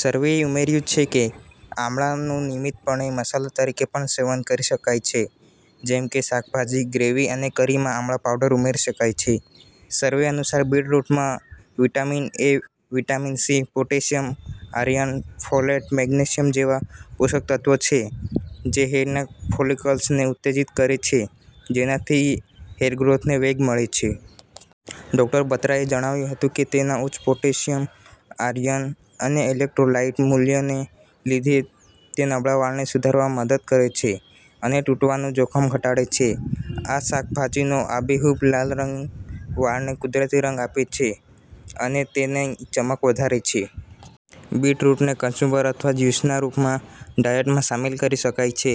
સર્વેએ ઉમેર્યું કે આમળાનું નિયમિતપણે મસાલા તરીકે પણ સેવન કરી શકાય છે જેમ કે શાકભાજી, ગ્રેવી અને કરીમાં આમળા પાવડર ઉમેરી શકાય છે. સર્વે અનુસાર, બીટરૂટમાં vitamin A, vitamin C, potassium, iron, folate, magnesium જેવા પોષક તત્વો હોય છે જે હેયરના ફોલિકલ્સને ઉત્તેજિત કરે છે જેનાથી હેયરગ્રોથને વેગ મળે છે. ડોક્ટર બત્રાએ જણાવ્યું હતું કે, તેના ઉચ્ચ પોટેશિયમ, આયર્ન અને ઇલેક્ટ્રોલાઇટ મૂલ્યને લીધે, તે નબળા વાળને સુધારવામાં મદદ કરે છે અને તૂટવાનું જોખમ ઘટાડે છે. આ શાકભાજીનો આબેહૂબ લાલ રંગ વાળને કુદરતી રંગ આપે છે અને તેની ચમક વધારે છે. બીટરૂટને કચુંબર અથવા જ્યુસના રૂપમાં ડાયટમાં સામેલ કરી શકાય છે.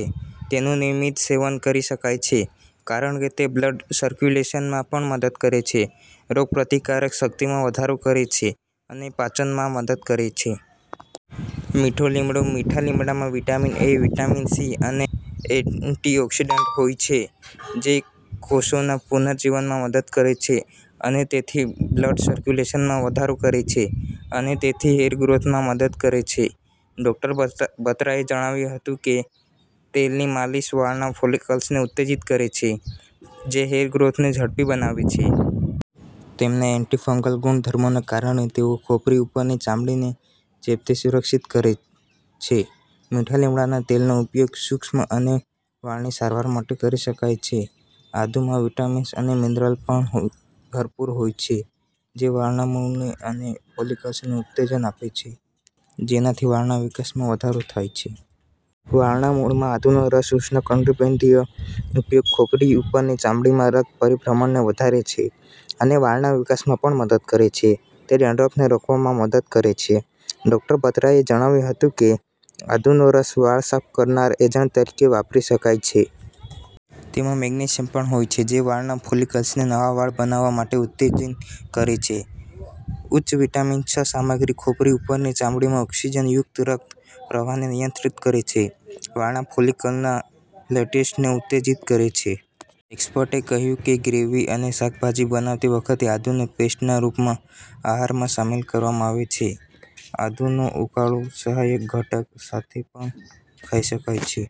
તેનું નિયમિત સેવન કરી શકાય છે કારણ કે તે બ્લડ સર્ક્યુલેશનમાં પણ મદદ કરે છે, રોગપ્રતિકારક શક્તિમાં વધારો કરે છે અને પાચનમાં મદદ કરે છે. મીઠો લીમડો, મીઠા લીમડામાં વિટામિન એ, વિટામિન સી અને એન્ટીઑકિસડન્ટો હોય છે જે કોષોના પુનર્જીવનમાં મદદ કરે છે અને તેથી બ્લડ સર્ક્યુલેશનમાં વધારો કરે છે અને તેથી હેયરગ્રોથમાં મદદ કરે છે. ડોક્ટર બત્રાએ જણાવ્યું હતું કે, " તેલની માલિશ વાળના ફોલિકલ્સને ઉત્તેજિત કરે છે, જે હેયરગ્રોથને ઝડપી બનાવે છે. તેમના એન્ટી-ફંગલ ગુણધર્મોને કારણે, તેઓ ખોપરી ઉપરની ચામડીને ચેપથી સુરક્ષિત કરે છે. મીઠા લીમડાના તેલનો ઉપયોગ શુષ્ક અને વાળની સારવાર માટે કરી શકાય છે. " આદુ માં વિટામિન્સ અને મિનરલ્સ પણ ભરપૂર હોય છે જે વાળના મૂળ અને ફોલિકલ્સને ઉત્તેજન આપે છે જેનાથી વાળના વિકાસમાં વધારો થાય છે. વાળના મૂળમાં આદુના રસનો ઉષ્ણકટિબંધીય ઉપયોગ ખોપરી ઉપરની ચામડીમાં રક્ત પરિભ્રમણને વધારે છે અને વાળના વિકાસમાં પણ મદદ કરે છે, તે ડેન્ડ્રફને રોકવામાં પણ મદદ કરે છે. ડોક્ટર બત્રાએ જણાવ્યું હતું કે, "આદુનો રસ વાળ સાફ કરનાર એજન્ટ તરીકે વાપરી શકાય છે. તેમાં મેગ્નેશિયમ પણ હોય છે, જે વાળના ફોલિકલ્સને નવા વાળ બનાવવા માટે ઉત્તેજિત કરે છે. ઉચ્ચ વિટામિન છ સામગ્રી ખોપરી ઉપરની ચામડીમાં ઓક્સિજનયુક્ત રક્ત પ્રવાહને નિયંત્રિત કરે છે, વાળના ફોલિકલના લેટેસ્ટને ઉત્તેજિત કરે છે. " એક્સપર્ટએ કહ્યું કે, ગ્રેવી અને શાકભાજી બનાવતી વખતે આદુને પેસ્ટના રૂપમાં આહારમાં સામેલ કરવામાં આવે છે. આદુનો ઉકાળો સહાયક ઘટક સાથે પણ ખાઈ શકાય છે.